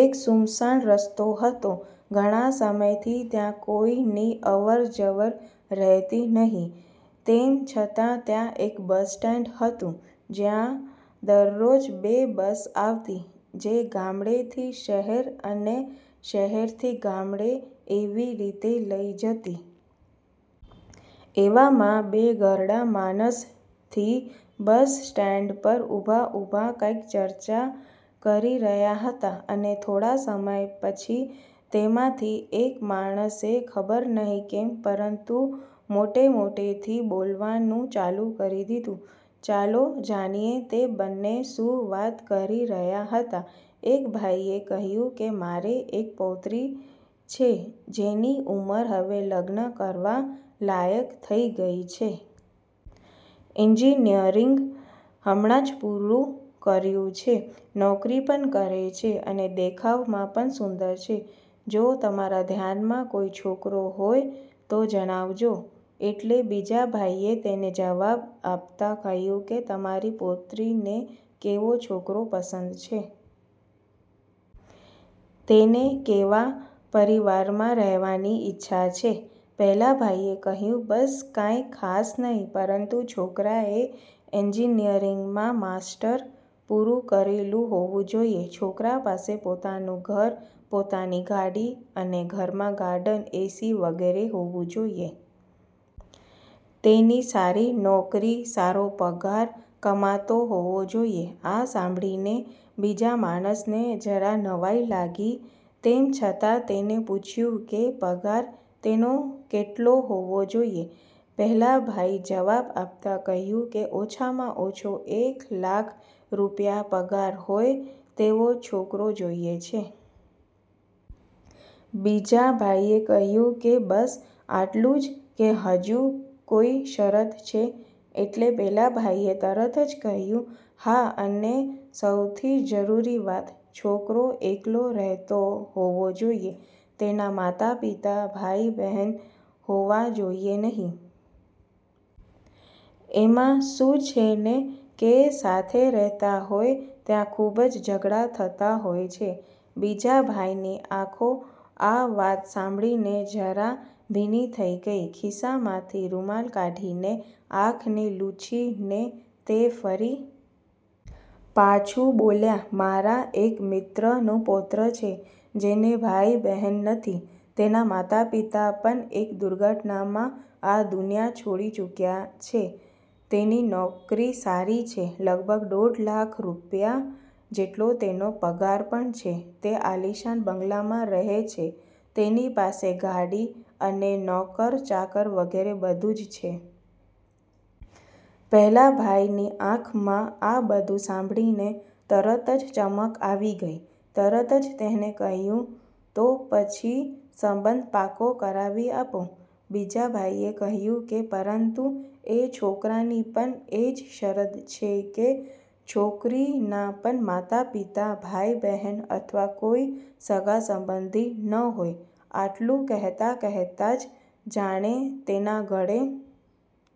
એક સુમસાન રસ્તો હતો. ઘણા સમયથી ત્યાં કોઈની અવરજવર રહેતી નહીં, તેમ છતાં ત્યાં એક બસ સ્ટેન્ડ હતું જ્યાં દરરોજ બે બસ આવતી જે ગામડે થી શહેર અને શહેરથી ગામડે એવી રીતે લઈ જતી. એવામાં બે ઘરડા માણસ થી બસ સ્ટેન્ડ પર ઉભા ઉભા કંઈક ચર્ચા કરી રહ્યા હતા, અને થોડા સમય પછી તેમાંથી એક માણસે ખબર નહીં કેમ પરંતુ મોટે મોટેથી બોલવાનું ચાલુ કરી દીધું. ચાલો જાણીએ તે બંને શું વાત કરી રહ્યા હતા, એક ભાઈએ કહ્યું કે મારૅ એક પૌત્રી છે, જેની ઉંમર હવે લગ્ન કરવા લાયક થઇ ગઇ છે. એન્જિનિયરિંગ હમણાં જ પૂરું કર્યું છે, નોકરી પણ કરે છે, અને દેખાવમાં પણ સુંદર છે. જો તમારા ધ્યાનમાં કોઈ છોકરો હોય તો જણાવજો. એટલે બીજા ભાઈએ તેને જવાબ આપતા કહ્યું કે તમારી પૌત્રીને કેવો છોકરો પસંદ છે? તેને કેવા પરિવારમાં રહેવાની ઈચ્છા છે? પહેલા ભાઈએ કહ્યું બસ કંઇ ખાસ નહીં પરંતુ છોકરાએ એન્જિનિયરિંગમાં માસ્ટર પૂરું કરેલું હોવું જોઈએ, છોકરા પાસે પોતાનું ઘર, પોતાની ગાડી અને ઘરમાં ગાર્ડન, એસી વગેરે હોવું જોઈએ. તેની સારી નોકરી, સારો પગાર કમાતો હોવો જોઈએ. આ સાંભળીને બીજા માણસને જરા નવાઈ લાગી તેમ છતાં તેને પૂછ્યું કે પગાર તેનો કેટલો હોવો જોઈએ? પહેલા ભાઈ જવાબ આપતા કહ્યું કે ઓછામાં ઓછો એક લાખ રૂપિયા પગાર હોય તેવો છોકરો જોઈએ છે. બીજા ભાઈએ કહ્યું કે બસ આટલું જ કે હજુ કોઈ શરત છે? એટલે પેલા ભાઇએ તરત જ કહ્યું હા અને સૌથી જરૂરી વાત છોકરો એકલો રહેતો હોવો જોઈએ, તેના માતા-પિતા, ભાઈ બહેન હોવા જોઇએ નહીં. એમાં શું છે ને કે સાથે રહેતા હોય ત્યાં ખૂબ જ ઝઘડા થતા હોય છે. બીજા ભાઈની આંખો આ વાત સાંભળીને જરા ભીની થઈ ગઈ, ખિસ્સામાંથી રૂમાલ કાઢીને આંખને લૂછી ને તે ફરી પાછું બોલ્યા મારા એક મિત્રનો પૌત્ર છે જેને ભાઈ બહેન નથી, તેના માતા-પિતા પણ એક દુર્ઘટનામાં આ દુનિયા છોડી ચૂક્યા છે, તેની નોકરી સારી છે, લગભગ દોઢ લાખ રૂપિયા જેટલો તેનો પગાર પણ છે, તે આલીશાન બંગલામાં રહે છે તેની પાસે ગાડી અને નોકર ચાકર વગેરે બધું જ છે. પહેલા ભાઈ ની આંખમાં આ બધું સાંભળીને તરત જ ચમક આવી ગઈ, તરત જ તેને કહ્યું તો પછી સંબંધ પાકો કરાવી આપો. બીજા ભાઈએ કહ્યું કે પરંતુ એ છોકરાની પણ એ જ શરત છે કે છોકરીના પણ માતા-પિતા, ભાઈ બહેન અથવા કોઈ સગા સંબંધી ન હોય. આટલું કહેતાં કહેતાં જ જાણે તેના ગળે